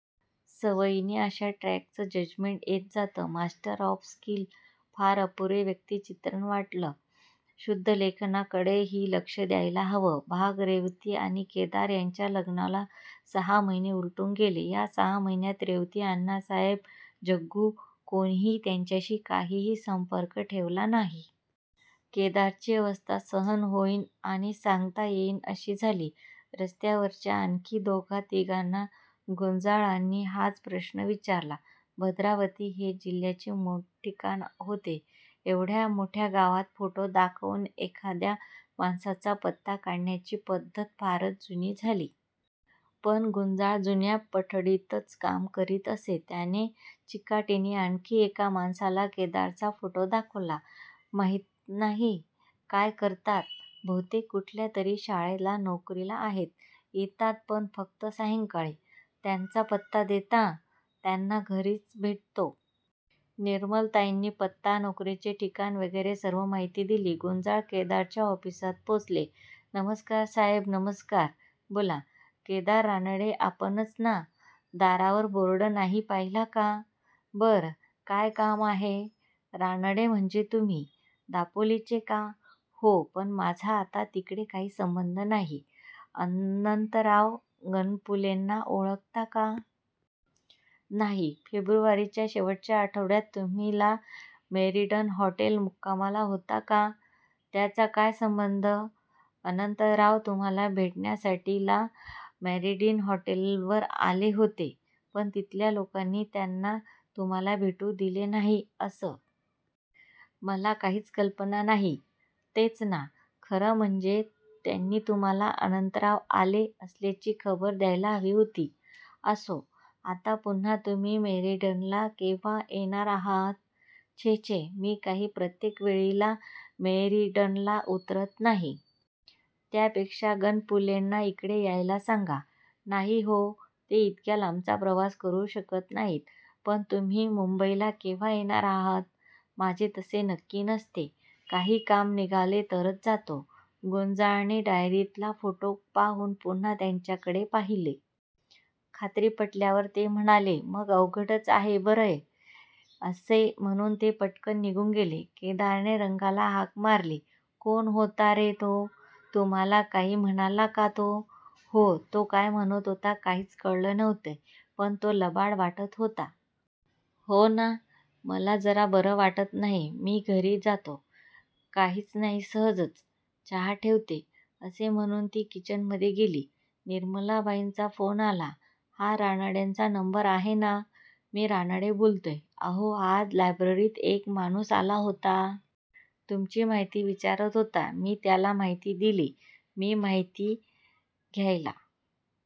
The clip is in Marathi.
सवयीने अशा ट्रॅकचं जजमेंट येत जातं. Master of skill. फार अपुरे व्यक्तिचित्रण वाटलं. शुद्ध लेखनाकडे ही लक्ष द्यायला हवं. भाग:-रेवती आणि केदार यांच्या लग्नाला सहा महिने उलटून गेले. या सहा महिन्यात रेवती, अण्णासाहेब, जग्गू कोणीही त्याच्याशी काहीही सम्पर्क ठेवला नाही. केदारची अवस्था 'सहन होइन आणि सांगता येईना' अशी झाली. रस्त्यावरच्या आणखी दोघा तिघांना गुंजाळानी हाच प्रश्न विचारला. भद्रावती हे जिल्ह्याचे ठिकाण होते. एवढ्या मोठ्या गावात फोटो दाखवून एखाद्या माणसाचा पत्ता काढण्याची पद्धत फारच जुनी झाली. पण गुंजाळ जुन्या पठडीतच काम करीत असे. त्याने चिकाटीने आणखी एका माणसाला केदारचा फोटो दाखवला. "माहित नाही ""काय करतात? ""बहुतेक कुठल्यातरी शाळेत नोकरीला आहेत. ""येतात पण फक्त सायंकाळी. ""त्यांचा पत्ता देता? त्यांना घरीच भेटतो. "निर्मलताईनी पत्ता, नोकरीचे ठिकाण वगैरे सर्व माहिती दिली. गुंजाळ केदारच्या ऑफिसात पोहोचले. "नमस्कार साहेब ""नमस्कार. बोला ""केदार रानडे आपणच ना? दारावर बोर्ड नाही पहिला का? बर! काय काम आहे ""रानडे म्हणजेतुम्ही? दापोलीचे का? ""हो पण माझा आता तिकडे काही संबंध नाही ""अनंतराव गणपुलेना ओळखता का? ""नाही "" फेब्रुवारीच्या शेवटच्या आठवड्यात तुम्ही ला मेरीडन हॉटेल मुक्कामाला होता का? "" त्याचा काय संबंध? ""अनंतराव तुम्हाला भेटण्यासाठी ला मेरीडन हॉटेलवर आले होते. पण तिथल्या लोकांनी त्यांना तुम्हाला भेटू दिले नाही ""अस? मला काहीच कल्पना नाही " "तेच ना. खर म्हणजे त्यांनी तुम्हाला अनंतराव आले असल्याची खबर द्यायला हवी होती. "असो! आता पुन्हा तुम्ही ला मेरीडनला केंव्हा येणार आहात? ""छे, छे. मी काही प्रत्येक वेळी ला मेरीडनला उतरत नाही. त्यापेक्षा गणपुलेना इकडे यायला सांगा. ""नाही हो. ते इतक्या लांबचा प्रवास करू शकत नाहीत. पण तुम्ही मुम्बइला केंव्हा येणार आहात. ""माझे तसे नक्की नसते. काही काम निघाले तरच जातो. "गुंजाळनी डायरीतला फोटो पाहून पुन्हा त्याच्याकडे पहिले. खात्री पटल्यावर ते म्हणाले"मग अवघडच आहे. बरा य" असे म्हणून ते पटकन निघून गेले. केदारने रंगाला हाक मारली "कोण होता रे तो? "" तुम्हाला काही म्हणाला का तो "." तो काय म्हणत होता काहीच कळत नव्हते"" पण तो लबाड वाटत होता. ""हो ना! मला जरा बर वाटत नाही. मी घरी जातो "" काही नाही सहजच". "चहा ठेवते" असे म्हणून ती किचनमध्ये गेली. निर्मलाबाईंचा फोन आला. "हा रानड्यांचा नंबर आहे ना? मी रानडे बोलतोय. ""अहो आज लायब्ररीत एक माणूस आला होता. तुमची माहिती विचारात होता. मी त्याला माहिती दिली. मी माहिती द्यायला